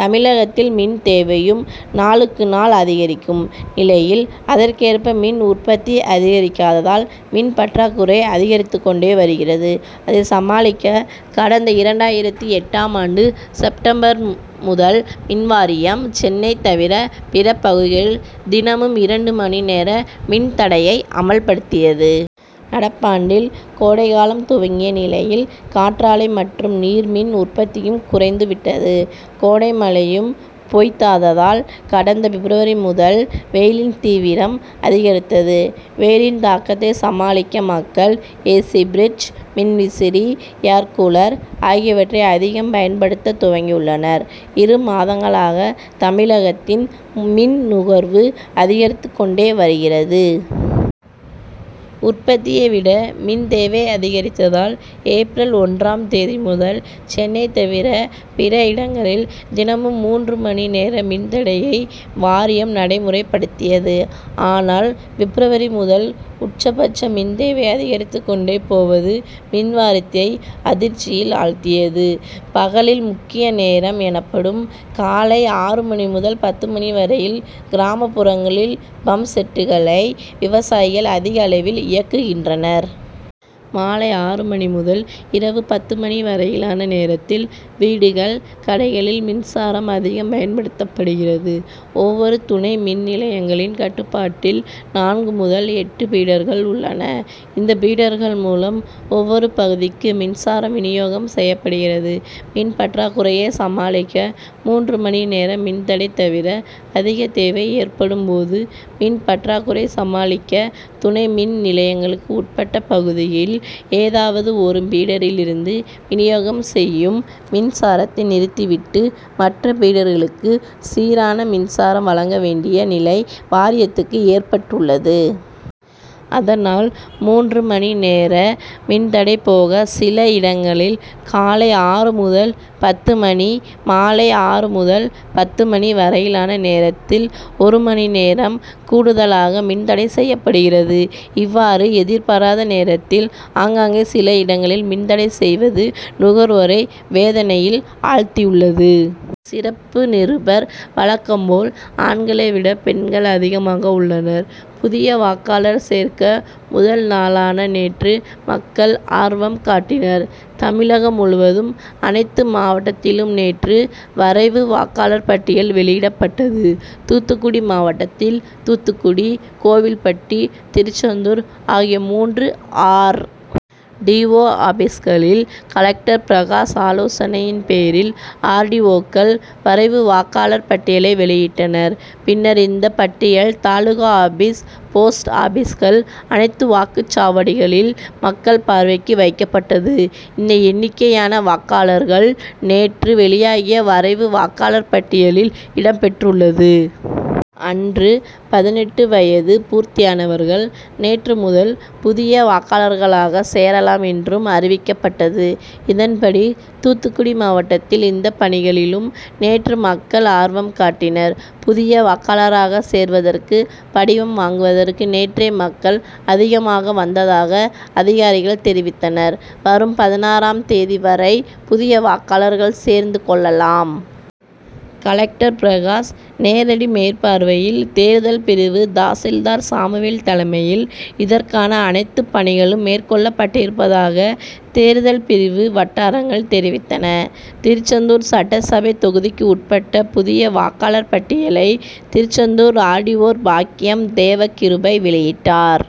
தமிழகத்தின் மின்தேவையும் நாளுக்கு நாள் அதிகரிக்கும் நிலையில் அதற்கேற்ப மின் உற்பத்தி அதிகரிக்காததால் மின் பற்றாக்குறை அதிகரித்து கொண்டே வருகிறது. அதை சமாளிக்க கடந்த இரண்டாயிரத்து எட்டாம் ஆண்டு செப்டம்பர் முதல் மின்வாரியம் சென்னை தவிர பிற பகுதியில் தினமும் இரண்டு மணி நேர மின்தடையை அமல்படுத்தியது. நடப்பாண்டில் கோடைகாலம் துவங்கிய நிலையில் காற்றாலை மற்றும் நீர்மின் உற்பத்தியும் குறைந்து விட்டது. கோடைமழையும் பொய்த்ததால் கடந்த பிப்ரவரி முதல் வெயிலின் தீவிரம் அதிகரித்தது. வெயிலின் தாக்கத்தை சமாளிக்க மக்கள் ஏசி ப்ரிட்ஜ் மின் விசிறி ஏர்கூலர் ஆகியவற்றை அதிகம் பயன்படுத்த துவங்கியுள்ளனர். இரு மாதங்களாக தமிழகத்தின் மின்நுகர்வு அதிகரித்து கொண்டே வருகிறது. உற்பத்தியை விட மின் தேவை அதிகரித்ததால் ஏப்ரல் ஒன்றாம் தேதி முதல் சென்னை தவிர பிற இடங்களில் தினமும் மூன்று மணி நேர மின்தடையை வாரியம் நடைமுறைபடுத்தியது. ஆனால் பிப்ரவரி முதல் உச்சபட்ச மின்தேவை அதிகரித்து கொண்டே போவது மின்வாரியத்தை அதிர்ச்சியில் ஆழ்த்தியுள்ளது. பகலில் முக்கிய நேரம் எனப்படும் காலை ஆறு மணி முதல் பத்து மணி வரையில் கிராமப்புறங்களில் பம்ப்செட்களை விவசாயிகள் அதிக அளவில் இயக்குகின்றனர். அதுபோல மாலை ஆறு முதல் இரவு பத்து மணி வரையிலான நேரத்தில் வீடுகள் கடைகளில் மின்சாரம் அதிகம் பயன்படுத்தப்படுகிறது. ஒவ்வொரு துணை மின்நிலையங்களின் கட்டுப்பாட்டில் நான்கு முதல் எட்டு பீடர்கள் உள்ளன. இந்த பீடர்கள் மூலம் ஒவ்வொரு பகுதிக்கு மின்சாரம் வினியோகம் செய்யப்படுகிறது. மின் பற்றாக்குறையை சமாளிக்க மூன்று மணி நேர மின்தடை தவிர அதிக தேவை ஏற்படும் போது மின்பற்றாக்குறை சமாளிக்க துணை மின் நிலையங்களுக்கு உட்பட்ட பகுதியில் ஏதாவது ஒரு பீடரில் இருந்து வினியோகம் செய்யும் மின் சாரத்தை நிறுத்தி விட்டு மற்ற பீடர்களுக்கு சீரான மின்சாரம் வழங்க வேண்டிய நிலை வாரியத்திற்கு ஏற்பட்டுள்ளது. அதனால் மூன்று மணி நேர மின் தடை போக சில இடங்களில் காலை ஆறு முதல் பத்து மணி மாலை ஆறு முதல் பத்து மணி வரையிலான நேரத்தில் ஒரு மணி நேரம் கூடுதலாக மின்தடை செய்யப்படுகிறது. இவ்வாறு எதிர்பாராத நேரத்தில் ஆங்காங்கே சில இடங்களில் மின் தடை செய்வது நுகர்வோரை வேதனையில் ஆழ்த்தியுள்ளது. சிறப்பு நிருபர் வழக்கம் போல் ஆண்களை விட பெண்கள் அதிகமாக உள்ளனர். புதிய வாக்காளர் சேர்க்க முதல் நாளான நேற்று மக்கள் ஆர்வம் காட்டினர். தமிழகம் முழுவதும் அனைத்து மாவட்டத்திலும் நேற்று வரைவு வாக்காளர் பட்டியல் வெளியிடப்பட்டது. தூத்துக்குடி மாவட்டத்தில் தூத்துக்குடி கோவில்பட்டி திருச்செந்தூர் ஆகிய மூன்று ஆர். டி. ஓ ஆபிஸ்களில் கலெக்டர் பிரகாஷ் ஆலோசனையின் பேரில் ஆர். டி. ஓக்கள் வரைவு வாக்காளர் பட்டியலை வெளியிட்டனர். பின்னர் இந்த பட்டியல் தாலுகா ஆபிஸ் போஸ்ட் ஆபிஸ்கள் அனைத்து வாக்குச்சாவடிகளில் மக்கள் பார்வைக்கு வைக்கப்பட்டது. இந்த எண்ணிக்கையான வாக்காளர்கள் நேற்று வெளியாகிய வரைவு வாக்காளர் பட்டியலில் இடம் பெற்றுள்ளது. அன்று பதினெட்டு வயது பூர்த்தியானவர்கள் நேற்று முதல் புதிய வாக்காளர்களாக சேரலாம் என்றும் அறிவிக்கப்பட்டது. இதன்படி தூத்துக்குடி மாவட்டத்தில் இந்த பணிகளிலும் நேற்று மக்கள் ஆர்வம் காட்டினர். புதிய வாக்காளராக சேர்வதற்கு படிவம் வாங்குவதற்கு நேற்றே மக்கள் அதிகமாக வந்ததாக அதிகாரிகள் தெரிவித்தனர். வரும் பதினாறாம் தேதி வரை புதிய வாக்காளர்கள் சேர்ந்து கொள்ளலாம். கலெக்டர் பிரகாஷ் நேரடி மேற்பார்வையில் தேர்தல் பிரிவு தாசில்தார் சாமுவேல் தலைமையில் இதற்கான அனைத்து பணிகளும் மேற்கொள்ளப்பட்டிருப்பதாக தேர்தல் பிரிவு வட்டாரங்கள் தெரிவித்தன. திருச்செந்தூர் சட்டசபை தொகுதிக்குட்பட்ட புதிய வாக்காளர் பட்டியலை திருச்செந்தூர் ஆர்டிஓ. பாக்கியம் தேவ கிருபை வெளியிட்டார்.